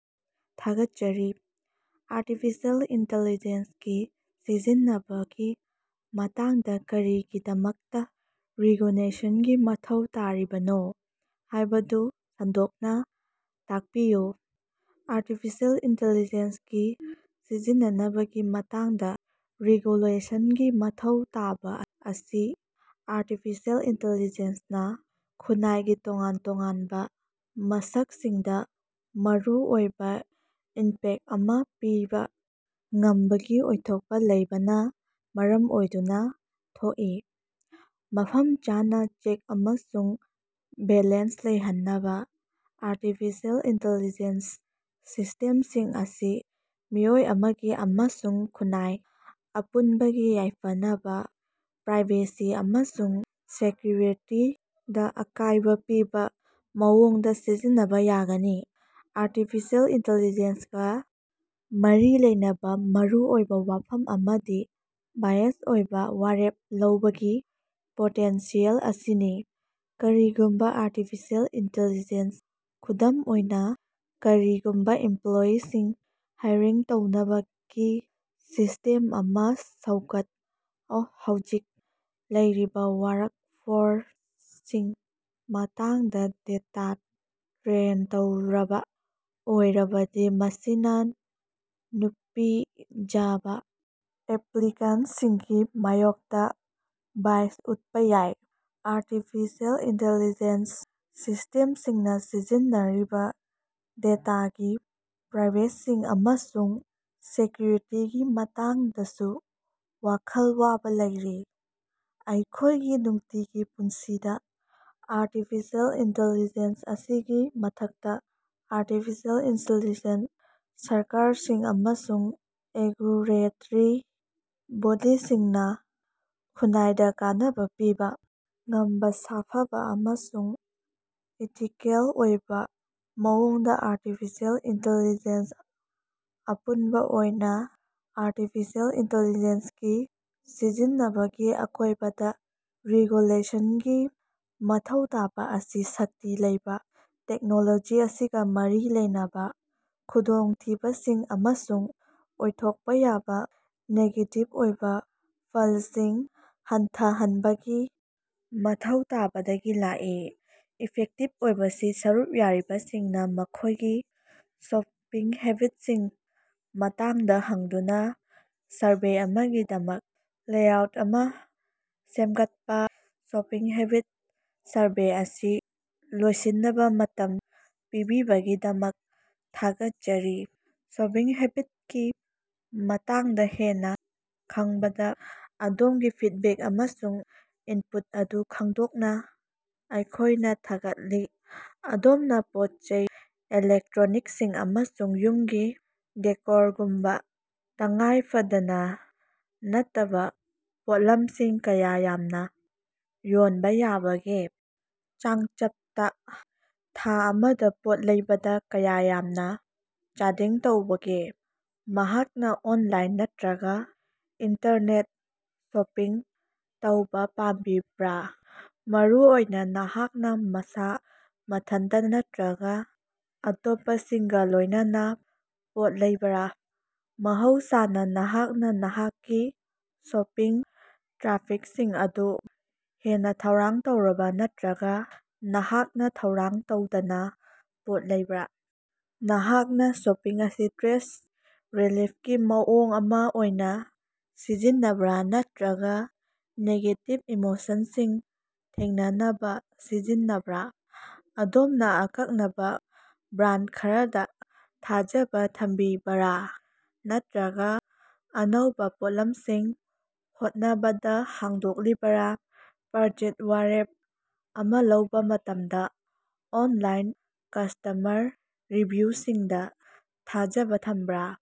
ꯊꯥꯒꯠꯆꯔꯤ artificial intelligence ꯀꯤ ꯁꯤꯖꯤꯟꯅꯕꯒꯤ ꯃꯇꯥꯡꯗ ꯀꯔꯤꯒꯤꯗꯃꯛꯇ ꯔꯦꯒꯨꯂꯦꯁꯟꯒꯤ ꯃꯊꯧ ꯇꯥꯔꯤꯕꯅꯣ ꯍꯥꯏꯕꯗꯨ ꯁꯟꯗꯣꯛꯅ ꯇꯥꯛꯄꯤꯌꯨ? ꯑꯥꯔꯇꯤꯐꯤꯁꯤꯑꯦꯜ ꯏꯟꯇꯤꯂꯤꯖꯦꯟꯁ ꯀꯤ ꯁꯤꯖꯤꯟꯅꯕꯒꯤ ꯃꯇꯥꯡꯗ ꯔꯦꯒꯨꯂꯦꯁꯟꯒꯤ ꯃꯊꯧ ꯇꯥꯕ ꯑꯁꯤ ꯑꯥꯔꯇꯤꯐꯤꯁꯤꯑꯦꯜ ꯏꯟꯇꯤꯂꯤꯖꯦꯟꯁ ꯅꯥ ꯈꯨꯟꯅꯥꯏꯒꯤ ꯇꯣꯉꯥꯟ ꯇꯣꯉꯥꯟꯕ ꯃꯁꯛꯁꯤꯡꯗ ꯃꯔꯨꯑꯣꯏꯕ ꯏꯝꯄꯦꯛꯇ ꯑꯃ ꯄꯤꯕ ꯉꯝꯕꯒꯤ ꯑꯣꯏꯊꯣꯛꯄ ꯂꯩꯕꯅ ꯃꯔꯝ ꯑꯣꯏꯗꯨꯅ ꯊꯣꯛꯏ꯫ ꯃꯐꯝ ꯆꯥꯅ ꯆꯦꯛ ꯑꯃꯁꯨꯡ ꯕꯦꯂꯦꯟꯁ ꯂꯩꯍꯟꯗꯅ, ꯑꯥꯔꯇꯤꯐꯤꯁꯤꯑꯦꯜ ꯏꯟꯇꯤꯂꯤꯖꯦꯟꯁ ꯁꯤꯁ꯭ꯇꯦꯝꯁꯤꯡ ꯑꯁꯤ ꯃꯤꯑꯣꯏ ꯑꯃꯒꯤ ꯑꯃꯁꯨꯡ ꯈꯨꯟꯅꯥꯏ ꯑꯄꯨꯟꯕꯒꯤ ꯌꯥꯏꯐꯅꯕ, ꯄ꯭ꯔꯥꯏꯚꯦꯁꯤ ꯑꯃꯁꯨꯡ ꯁꯦꯀ꯭ꯌꯨꯔꯤꯇꯤꯗ ꯑꯀꯥꯏꯕ ꯄꯤꯕ ꯃꯑꯣꯡꯗ ꯁꯤꯖꯤꯟꯅꯕ ꯌꯥꯒꯅꯤ꯫ ꯑꯥꯔꯇꯤꯐꯤꯁꯤꯑꯦꯜ ꯏꯟꯇꯤꯂꯤꯖꯦꯟꯁ ꯒꯥ ꯃꯔꯤ ꯂꯩꯅꯕ ꯃꯔꯨꯑꯣꯏꯕ ꯋꯥꯐꯝ ꯑꯃꯗꯤ ꯕꯥꯏꯑꯦꯖ ꯑꯣꯏꯕ ꯋꯥꯔꯦꯞ ꯂꯧꯕꯒꯤ ꯄꯣꯇꯦꯟꯁꯤꯌꯦꯜ ꯑꯁꯤꯅꯤ꯫ ꯀꯔꯤꯒꯨꯝꯕ ꯑꯥꯔꯇꯤꯐꯤꯁꯤꯑꯦꯜ ꯏꯟꯇꯤꯂꯤꯖꯦꯟꯁ ꯈꯨꯗꯝ ꯑꯣꯏꯅ, ꯀꯔꯤꯒꯨꯝꯕ ꯏꯝꯄ꯭ꯂꯣꯌꯤꯁꯤꯡ ꯍꯥꯏꯔꯤꯡ ꯇꯧꯅꯕꯒꯤ ꯁꯤꯁ꯭ꯇꯦꯝ ꯑꯃ ꯍꯧꯖꯤꯛ ꯂꯩꯔꯤꯕ ꯋꯥ꯭ꯔꯛꯐꯣꯔꯁꯀꯤ ꯃꯇꯥꯡꯗ ꯗꯦꯇꯥꯗ ꯇ꯭ꯔꯦꯟ ꯇꯧꯔꯕ ꯑꯣꯏꯔꯕꯗꯤ, ꯃꯁꯤꯅ ꯅꯨꯄꯤ ꯖꯕ ꯑꯦꯄ꯭ꯂꯤꯀꯥꯟꯇꯁꯤꯡꯒꯤ ꯃꯥꯌꯣꯛꯇ ꯕꯥꯏꯁ ꯎꯠꯄ ꯌꯥꯏ꯫ ꯑꯥꯔꯇꯤꯐꯤꯁꯤꯑꯦꯜ ꯏꯟꯇꯤꯂꯤꯖꯦꯟꯁ ꯁꯤꯁ꯭ꯇꯦꯝꯁꯤꯡꯅ ꯁꯤꯖꯤꯟꯅꯔꯤꯕ ꯗꯦꯇꯥꯒꯤ ꯄ꯭ꯔꯥꯏꯕꯦꯁꯤ ꯑꯃꯁꯨꯡ ꯁꯦꯀ꯭ꯌꯨꯔꯤꯇꯤꯒꯤ ꯃꯇꯥꯡꯗꯁꯨ ꯋꯥꯈꯜ ꯋꯥꯕꯥ ꯂꯩꯔꯤ꯫ ꯑꯩꯈꯣꯏꯒꯤ ꯅꯨꯡꯇꯤꯒꯤ ꯄꯨꯟꯁꯤꯗ ꯑꯥꯔꯇꯤꯐꯤꯁꯤꯑꯦꯜ ꯏꯟꯇꯤꯂꯤꯖꯦꯟꯁ ꯃꯁꯤꯒꯤ ꯃꯊꯛꯇ, ꯑꯥꯔꯇꯤꯐꯤꯁꯤꯑꯦꯜ ꯏꯟꯇꯤꯂꯤꯖꯦꯟꯁ ꯁꯔꯀꯥꯔꯁꯤꯡ ꯑꯃꯁꯨꯡ ꯔꯦꯒꯨꯂꯦꯇ꯭ꯔꯤ ꯕꯣꯗꯤꯁꯤꯡꯅ ꯈꯨꯟꯅꯥꯏꯗ ꯀꯥꯟꯅꯕ ꯄꯤꯕ ꯉꯝꯕ ꯁꯥꯐꯕ ꯑꯃꯁꯨꯡ ꯏꯊꯤꯀꯦꯜ ꯑꯣꯏꯕ ꯃꯑꯣꯡꯗ‌ ꯑꯥꯔꯇꯤꯐꯤꯁꯤꯑꯦꯜ ꯏꯟꯇꯤꯂꯤꯖꯦꯟꯁ ꯑꯄꯨꯟꯕ ꯑꯣꯏꯅ, ꯑꯥꯔꯇꯤꯐꯤꯁꯤꯑꯦꯜ ꯏꯟꯇꯤꯂꯤꯖꯦꯟꯁ ꯀꯤ ꯁꯤꯖꯤꯟꯅꯕꯒꯤ ꯑꯀꯣꯏꯕꯗ ꯔꯤꯒꯨꯂꯦꯁꯟꯒꯤ ꯃꯊꯧ ꯇꯥꯕ ꯑꯁꯤ ꯁꯛꯇꯤ ꯂꯩꯕ ꯇꯦꯛꯅꯣꯂꯣꯖꯤ ꯑꯁꯤꯒ ꯃꯔꯤ ꯂꯩꯅꯕ ꯈꯨꯗꯣꯡꯊꯤꯕꯁꯤꯡ ꯑꯃꯁꯨꯡ ꯑꯣꯏꯊꯣꯛꯄ ꯌꯥꯕ ꯅꯦꯒꯦꯇꯤꯕ ꯑꯣꯏꯕ ꯐꯜꯁꯤꯡ ꯍꯟꯊꯍꯟꯕꯒꯤ ꯃꯊꯧ ꯇꯥꯕꯗꯒꯤ ꯂꯥꯛꯏ꯫ ꯏꯐꯦꯛꯇꯤꯕ ꯑꯣꯏꯕ ꯁꯤ ꯁꯔꯨꯛ ꯌꯥꯔꯤꯕꯁꯤꯡꯗ ꯃꯈꯣꯏꯒꯤ ꯁꯣꯄꯤꯡ ꯍꯦꯕꯤꯠꯁꯤꯡꯒꯤ ꯃꯇꯥꯡꯗ ꯍꯪꯗꯨꯅ ꯁꯔꯚꯦ ꯑꯃꯒꯤꯗꯃꯛ ꯂꯦꯑꯥꯎꯠ ꯑꯃ ꯁꯦꯝꯒꯠꯄ꯫ ꯁꯣꯄꯤꯡ ꯍꯦꯕꯤꯠꯁ ꯁꯔꯚꯦ ꯑꯁꯤ ꯂꯣꯏꯁꯤꯟꯅꯕ ꯃꯇꯝ ꯄꯤꯕꯤꯕꯒꯤꯗꯃꯛ ꯊꯥꯒꯠꯆꯔꯤ꯫ ꯁꯣꯄꯤꯡ ꯍꯦꯕꯤꯠꯀꯤ ꯃꯇꯥꯡꯗ ꯍꯦꯟꯅ ꯈꯪꯕꯗ ꯑꯗꯣꯝꯒꯤ ꯐꯤꯗꯕꯦꯛ ꯑꯃꯁꯨꯡ ꯏꯟꯄꯨꯠ ꯑꯗꯨ ꯑꯩꯈꯣꯏꯅ ꯊꯥꯒꯠꯂꯤ꯫ ꯑꯗꯣꯝꯅ ꯄꯣꯠꯆꯩ, ꯏꯂꯦꯛꯇ꯭ꯔꯣꯅꯤꯛꯁ, ꯑꯃꯁꯨꯡ ꯌꯨꯝꯒꯤ ꯗꯦꯀꯣꯔꯒꯨꯝꯕ ꯇꯉꯥꯏ ꯐꯗꯕ ꯅꯠꯇꯕ ꯄꯣꯠꯂꯝꯁꯤꯡ ꯀꯌꯥ ꯌꯥꯝꯅ ꯌꯣꯟꯕ ꯌꯥꯕꯒꯦ? ꯆꯥꯡꯆꯠꯇ ꯊꯥ ꯑꯃꯗ ꯄꯣꯠ ꯂꯩꯕꯗ ꯀꯌꯥ ꯌꯥꯝꯅ ꯆꯥꯗꯤꯡ ꯇꯧꯕꯒꯦ? ꯅꯍꯥꯛꯅ ꯑꯣꯟꯂꯥꯏꯟ ꯅꯠꯇꯔꯒ ꯏꯟ-ꯁ꯭ꯇꯣꯔꯗ ꯁꯣꯄꯤꯡ ꯇꯧꯕ ꯄꯥꯝꯕꯤꯕ꯭ꯔꯥ? ꯃꯔꯨꯑꯣꯏꯅ ꯅꯍꯥꯛꯅ ꯃꯁꯥ ꯃꯊꯟꯇ ꯅꯠꯇꯔꯒ ꯑꯇꯣꯞꯄꯁꯤꯡꯒ ꯂꯣꯏꯅꯅ ꯄꯣꯠ ꯂꯩꯕ꯭ꯔꯥ? ꯃꯍꯧꯁꯥꯅ ꯅꯍꯥꯛꯅ ꯅꯍꯥꯛꯀꯤ ꯁꯣꯄꯤꯡ ꯇ꯭ꯔꯥꯐꯤꯛꯁꯤꯡ ꯑꯗꯨ ꯍꯥꯟꯅ ꯊꯧꯔꯥꯡ ꯇꯧꯕ꯭ꯔꯥ ꯅꯠꯇꯔꯒ ꯅꯍꯥꯛꯅ ꯊꯧꯔꯥꯡ ꯇꯧꯗꯅ ꯄꯣꯠ ꯂꯩꯕ꯭ꯔꯥ? ꯅꯍꯥꯛꯅ ꯁꯣꯄꯤꯡ ꯑꯁꯤ ꯁ꯭ꯇꯔꯦꯁ ꯔꯤꯂꯤꯐꯀꯤ ꯃꯑꯣꯡ ꯑꯃ ꯑꯣꯏꯅ ꯁꯤꯖꯤꯟꯅꯕ꯭ꯔꯥ ꯅꯠꯇꯔꯒ ꯅꯦꯒꯦꯇꯤꯚ ꯏꯃꯣꯁꯟꯁꯤꯡ ꯊꯦꯡꯅꯅꯕ ꯁꯤꯖꯤꯟꯅꯕ꯭ꯔꯥ? ꯑꯗꯣꯝꯅ ꯑꯀꯛꯅꯕ ꯕ꯭ꯔꯥꯟꯗ ꯈꯔꯗ ꯊꯥꯖꯕ‌ ꯊꯝꯂꯤꯕꯔꯥ ꯅꯠꯇꯔꯒ ꯑꯅꯧꯕ ꯄꯣꯠꯂꯝꯁꯤꯡ ꯍꯣꯠꯅꯕꯗ ꯍꯥꯡꯗꯣꯛꯂꯤꯕꯔꯥ? ꯄꯔꯆꯦꯖ ꯋꯥꯔꯦꯞ ꯑꯃ ꯂꯧꯕ ꯃꯇꯝꯗ ꯑꯣꯟꯂꯥꯏꯟ ꯀꯁ꯭ꯇꯃꯔ ꯔꯤꯚꯤꯌꯨꯁꯤꯡꯗ ꯊꯥꯖꯕ ꯊꯝꯕꯔꯥ?